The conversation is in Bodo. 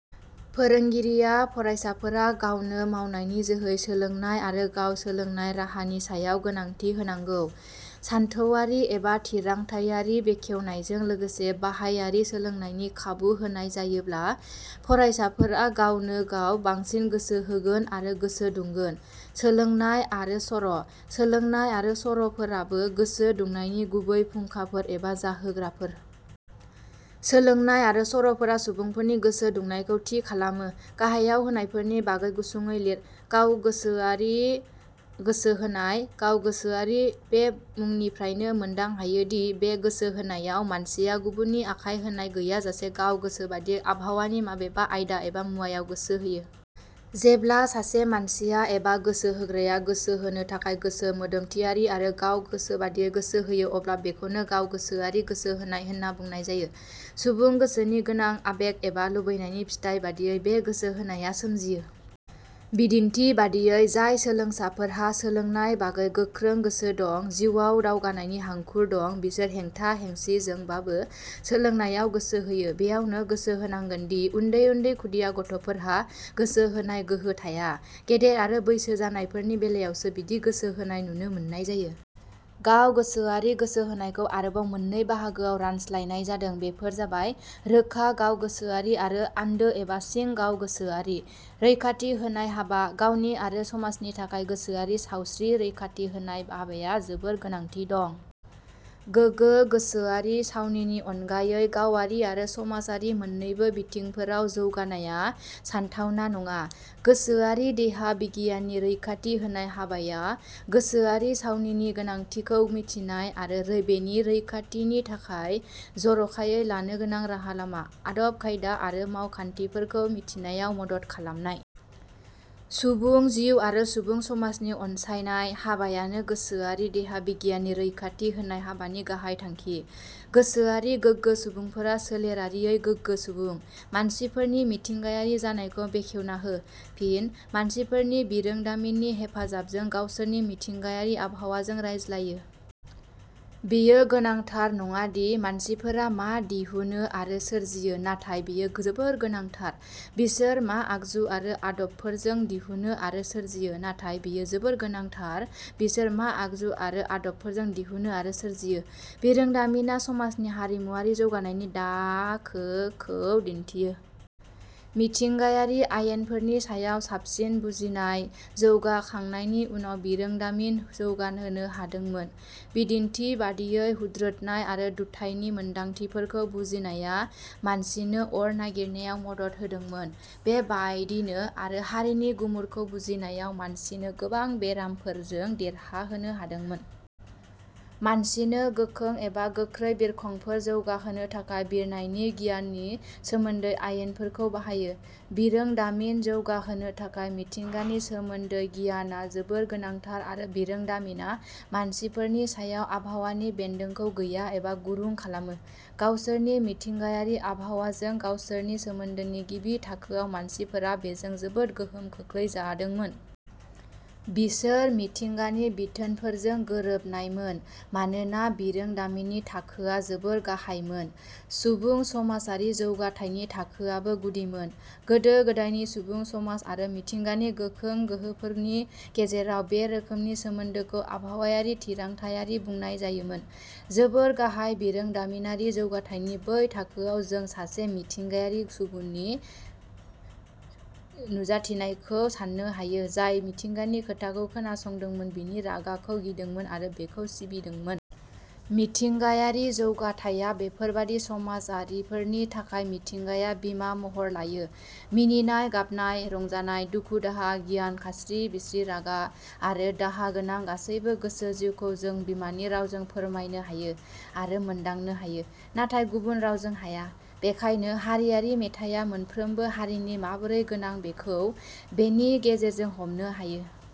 फोरोंगिरिया फरायसाफोरा गावनो मावनायनि जोहै सोलोंनाय आरो गाव सोलोंनाय राहानि सायाव गोनांथि होनांगौ। सानथौवारि एबा थिरांथाइयारि बेखेवनायजों लोगोसे बाहायारि सोलोंनायनि खाबु होनाय जायोब्ला फरायसाफोरा गावनो गाव बांसिन गोसो होगोन आरो गोसो दुंगोन। सोलोंनाय आरो सर': सोलोंनाय आरो सर 'फोराबो गोसो दुंनायनि गुबै फुंखाफोर एबा जाहोग्राफोर। सोलोंनाय आरो सर 'फोरा सुबुंफोरनि गोसो दुंनायखौ थि खालामो। गाहायाव होनायफोरनि बागै गुसुंङै लिर।: गावगोसोआरि गोसो होनाय: गाव गोसोआरि बे मुंनिफ्रायनो मोनदां हायो दि बे गोसो होनायाव मानसिया गुबुननि आखाय होनाय गैयाजासे गाव गोसो बादियै आबहावानि माबेबा आयदा एबा मुवायाव गोसो होयो। जेब्ला सासे मानसिया एबा गोसो होग्राया गोसो होनो थाखाय गोसो मोदोम थियारि आरो गाव गोसो बादियै गोसो होयो अब्ला बेखौनो गाव गोसोआरि गोसो होनाय होनना बुंनाय जायो। सुबुं गोसोनि गोनां आबेग एबा लुबैनायनि फिथाइ बादियै बे गोसो होनाया सोमजियो। बिदिन्थि बादियै, जाय सोलोंसाफोरहा, सोलोंनाय बागै गोख्रों गोसो दं, जिउआव दावगानायनि हांखुर दं, बिसोर हेंथा हेंसिजोंबाबो सोलोंनायाव गोसो होयो। बेयावनो गोसो होनांगोन दि उन्दै उन्दै खुदिया गथ'फोरहा गोसो होनाय गोहो थाया। गेदेर आरो बैसो जानायफोरनि बेलायावसो बिदि गोसो होनाय नुनो मोननाय जायो। गावगोसोआरि गोसो होनायखौ आरोबाव मोननै बाहागोआव रानस्लायनाय जादों, बेफोर जाबाय- रोखा गावगोसोआरि आरो आन्दो एबा सिं गावगोसोआरि। रैखाथि होनाय हाबा: गावनि आरो समाजनि थाखाय गोसोआरि सावस्रि रैखाथि होनाय हाबाया जोबोद गोनांथि दं। गोगो गोसोआरि सावनिनि उनगायै गावारि आरो समाजारि मोननैबो बिथिंफोराव जौगानाया सानथावना नङा। गोसोआरि देहा बिगियाननि रैखाथि होनाय हाबाया गोसोआरि सावनिनि गोनांथिखौ मिथिनाय आरो बेनि रैखाथिनि थाखाय जर 'खायै लानो गोनां राहा-लामा, आदब-खायदा आरो मावखान्थिफोरखौ मिथिनायाव मदद खालामनाय। सुबुं जिउ आरो सुबुं समाजनि अनसायनाय हाबायानो गोसोआरि देहा बिगियाननि रैखाथि होनाय हाबानि गाहाइ थांखि। गोसोआरि गोगो सुबुंफोरा सोलेरारियै गोगो सुबुं। मानसिफोरनि मिथिंगायारि जानायखौ बेखेवना हो। फिन: मानसिफोरनि बिरोंदामिननि हेफाजाबजों गावसोरनि मिथिंगायारि आबहावाजों रायज्लायो। बेयो गोनांथार नङादि मानसिफोरा मा दिहुनो आरो सोरजियो। नाथाय बेयो जोबोद गोनांथार- "बिसोर मा आगजु आरो आदबफोरजों दिहुनो आरो सोरजियो। नाथाय बेयो जोबोद गोनांथार 'बिसोर मा आगजु आरो आदबफोरजों दिहुनो आरो सोरजियो? " बिरोंदामिना समाजनि हारिमुवारि जौगानायनि दाखोखौ दिन्थियो। मिथिंगायारि आयेनफोरनि सायाव साबसिन बुजिनाय जौगाखांनायनि उनाव बिरोंदामिन जौगाहोनो हादोंमोन। बिदिन्थि बादियै, हुथ्रोदनाय आरो दुथाइनि मोन्दांथिफोरखौ बुजिनाया मानसिनो अर नागिरनायाव मदद होदोंमोन। बे बायदिनो आरो हारिनि गुमुरखौ बुजिनायाव मानसिनो गोबां बेरामफोरजों देरहाहोनो हादोंमोन। मानसिनो गोखों एबा गोख्रै बिरखंफोर जौगाहोनो थाखाय बिरनायनि गियाननि सोमोन्दै आयेनफोरखौ बाहायो। बिरोंदामिन जौगाहोनो थाखाय मिथिंगानि सोमोन्दै गियानआ जोबोद गोनांथार आरो बिरोंदामिनआ मानसिफोरनि सायाव आबहावानि बेन्दोंखौ गैया एबा गुरुं खालामो। गावसोरनि मिथिंगायारि आबहावाजों गावसोरनि सोमोन्दोनि गिबि थाखोआव मानसिफोरा बेजों जोबोद गोहोम खोख्लैजादोंमोन। बिसोर मिथिंगानि बिथोनफोरजों गोरोबनायमोन। मानोना बिरोंदामिननि थाखोआ जोबोद गाहायमोन। सुबुं समाजारि जौगाथाइनि थाखोआबो गुदिमोन। गोदो- गोदायनि सुबुं समाज आरो मिथिंगानि गोखों गोहोफोरनि गेजेराव बे रोखोमनि सोमोन्दोखौ आबहावायारि थिरांथायारि बुंनाय जायोमोन। जोबोद गाहाय बिरोंदामिनारि जौगाथाइनि बै थाखोआव जों सासे मिथिंगायारि सुबुनि नुजाथिनायखौ साननो हायो, जाय मिथिंगानि खोथाखौ खोनासंदोंमोन, बिनि रागाखौ गिदोंमोन आरो बेखौ सिबिदोंमोन। मिथिंगायारि जौगाथाइया बेफोरबादि समाजारिफोरनि थाखाय मिथिंगाया बिमा महर लायो। मिनिनाय-गाबनाय, रंजानाय, दुखु दाहा, गियान, खास्रि बिस्रि, रागा आरो दाहा गोनां गासैबो गोसो जिउखौ जों बिमानि रावजों फोरमायनो हायो आरो मोन्दांनो हायो। नाथाय गुबुन रावजों हाया। बेखायनो हारियारि मेथाइया मोनफ्रोमबो हारिनि माबोरै गोनां बेखौ बेनि गेजेरजों हमनो हायो।